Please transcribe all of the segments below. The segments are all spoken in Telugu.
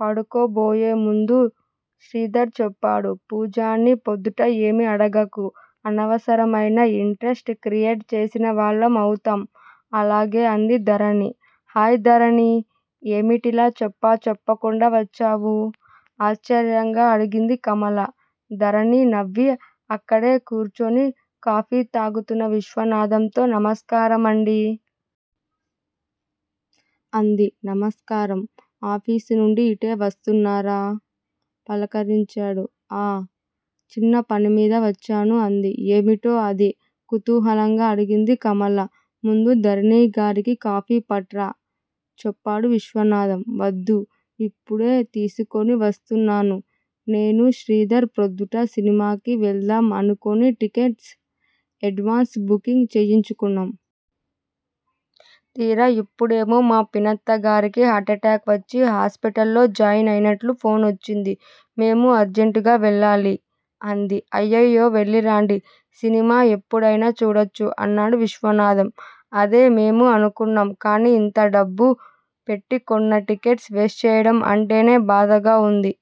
పడుకోబోయే ముందు శ్రీధర్ చెప్పాడు. పూజని పొద్దుట ఏమీ అడగకు! అనవసరమైన ఇంట్రెస్ట్ క్రియేట్ చేసిన వాళ్ళం అవుతాం. అలాగే! అంది ధరణి. హాయ్ ధరణీ! ఏమిటిలా చెప్పాచెయ్యకుండా వచ్చావు? ఆశ్చర్యంగా అడిగింది కమల. ధరణి నవ్వి అక్కడే కూర్చుని కాఫీ తాగుతున్న విశ్వనాథంతో నమస్కారం అండీ! అంది. నమస్కారం ఆఫీసునుండి ఇటే వస్తున్నారా? పలకరించాడు. ఆ చిన్న పనిమీద వచ్చాను అంది. ఏమిటో అది? కుతూహలంగా అడిగింది కమల. ముందు ధరణిగారికి కాఫీ పట్రా! చెప్పాడు విశ్వనాథం. వద్దు! ఇప్పుడే తీసుకుని వస్తున్నాను. నేనూ శ్రీధర్ ప్రొద్దుట సినిమాకి వెళ్దాం అనుకుని టికెట్స్ ఎడ్వాన్స్ బుకింగ్ చేయించుకున్నాం. తీరా ఇప్పుడేమో మా పిన్నత్తగారికి హార్ట్ ఎటాక్ వచ్చి హాస్పిటల్ లో జాయిన్ అయినట్లు ఫోన్ వచ్చింది. మేము అర్జెంటుగా వెళ్ళాలి! అంది. అయ్యయ్యో వెళ్ళిరండి. సినిమా ఎప్పుడైనా చూడచ్చు! అన్నాడు విశ్వనాథం. అదే మేమూ అనుకున్నాం. కానీ ఇంత డబ్బు పెట్టి కొన్న టికెట్స్ వేస్ట్ చెయ్యడం అంటేనే బాధగా ఉంది.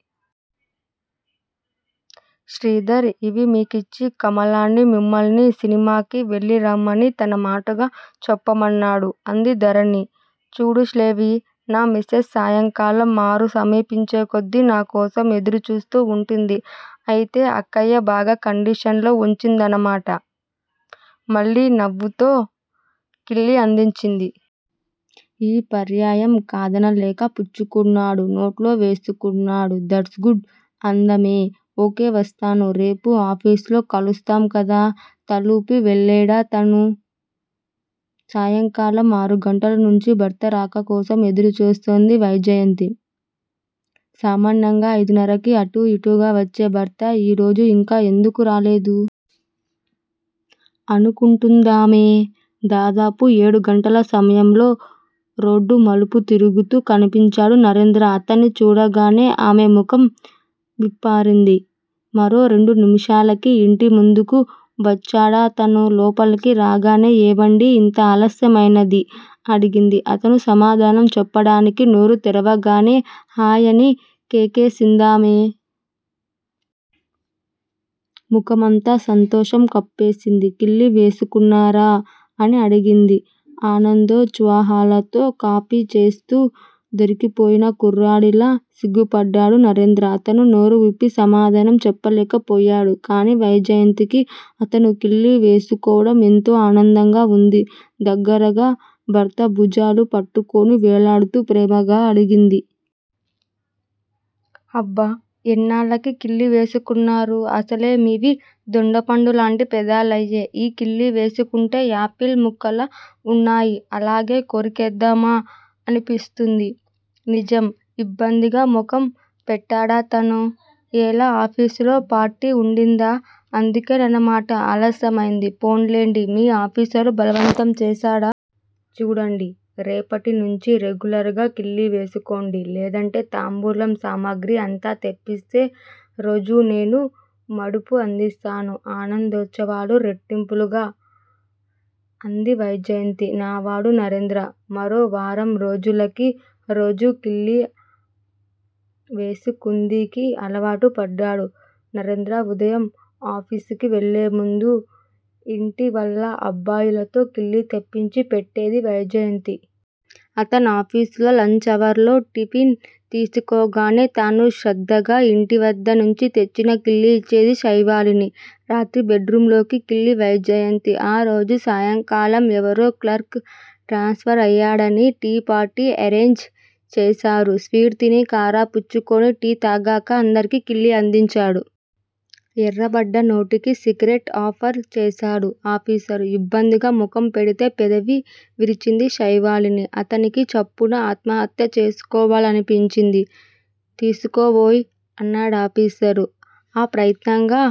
శ్రీధర్ ఇవి మీకిచ్చి కమలనీ, మిమ్మల్ని సినిమాకి వెళ్ళిరమ్మని తన మాటగా చెప్పమన్నాడు అంది ధరణి. చూడు శైవి! నా మిసెస్ సాయంకాలం ఆరు సమీపించే కొద్ది నాకోసం ఎదురు చూస్తూ వుంటుంది! అయితే అక్కయ్య బాగా కండిషన్లో వుంచిందన్నమాట! మళ్ళీ నవుతో కిళ్ళి అందించింది. ఈ పర్యాయం కాదన్లేక పుచ్చుకున్నాడు. నోట్లో వేసుకున్నాడు దట్స్ గుడ్ అందామె. ఒకే! వస్తాను! రేపు ఆఫీసులో కలుస్తాం కదా. తలూపి వెళ్లేడతను సాయకాలం ఆరు గంటల నుంచి భర్త రాకకోసం ఎదురు చూస్తోంది వైజయంతి. సామాన్యంగా అయిదున్నరకి అటూ యిటూగా వచ్చే భర్త ఈరోజు యింకా ఎందుకు రాలేదు. అనుకుంటుందామె. దాదాపు ఏడుగంటల సమయంలో రోడ్డు మలుపు తిరుగుతూ కనిపించాడు నరేంద్ర అతన్ని చూడగానే ఆమె ముఖం విప్పారింది. మరో రెండు నిమిషాలకి యింటి ముందుకు వచ్చాడతను. లోపలికి రాగానే ఏవండి యింత అలస్యమైనది అడిగింది. అతను సమాధానం చెప్పటానికి నోరు తెరవగానే హయ్ అని కేకేసిందామె. ముఖమంతా సంతోషం కప్పేసింది. కిళ్ళి వేసుకున్నారా?! అని అడిగింది ఆనందోత్సాహాలతో. కాపి చేస్తూ దొరికిపోయిన కుర్రాడిలా సిగ్గుపడ్డాడు నరేంద్ర. అతను నోరువిప్పి సమాధానం చెప్పలేకపోయాడు. కానీ వైజయంతికి అతను కిళ్ళి వేసుకోవటం ఎంతో ఆనందంగా వుంది. దగ్గరగా భర్త భుజాలు పట్టుకుని వేలాడుతూ ప్రేమగా అడిగింది. అబ్బ ఎన్నాళ్ళకి కిళ్ళి వేసుకున్నారు. అసలే మీవి దొండపండు లాటి పెదాలయే? ఈ కిళ్ళి వేసుకుంటే యాపిల్ ముక్కల్లా వున్నాయి అలాగే కోరికేద్దామా అనిపిస్తుంది నిజం! ఇబ్బందిగా ముఖం పెట్టాడతను. ఎలా, ఆఫీసులో పార్టీ వుండిందా? అందుకే నన్నమాట ఆలస్యమైంది? పోన్లెండి మీ ఆఫీసరు బలవంతం చేశాడా? చూడండి? రేపటి నుంచి రెగ్యులర్ గా కిళ్ళి వేసుకోండి. లేదంటే తాంబూలం సామాగ్రి అంతా తెప్పిస్తే రోజు నేనూ మడుపు అందిస్తాను! ఆనందోత్సాహాలు రేటింపుగా అంది వైజయంతి. నవాడు నరేంద్ర. మరో వారం రోజులకి రోజు కిళ్ళి వేసుకుందికి అలవాటు పడ్డాడు. నరేంద్ర ఉదయం ఆఫీసుకి వెళ్ళేముందు యింటి వల్ల అబ్బాయితో కిళ్ళి తెప్పించి పెట్టేది వైజయంతి. అతనాఫిసులో లంచ్ అవర్లో టిఫిన్ తీసుకోగానే తాను శ్రద్ధగా యింటి వద్ద నుంచి తెచ్చిన కిళ్ళి యిచ్చేది శైవాలిని. రాత్రి బెడ్ రూంలో కిళ్ళి వైజయంతి. ఆరోజు సాయంకాలం ఎవరో క్లర్క్ ట్రాన్స్ఫరయ్యాడని టీ పార్టీ ఎరేంజ్ చేశారు. స్వీట్స్ తిని, కారా పుచ్చుకుని టీ తాగక అందరికి కిళ్ళి అందించాడు. ఎర్రబడ్డ నోటికి సిగరెట్ ఆఫర్ చేశాడు ఆఫీసరు. ఇబ్బందిగా ముఖం పెడితే పెదవి విరిచింది శైవాలిని. అతనికి చప్పున ఆత్మహత్య చేసుకోవాలనిపించింది. తిసుకోవోయ్! అన్నాడాఫిసరు. ఆప్రయత్నంగా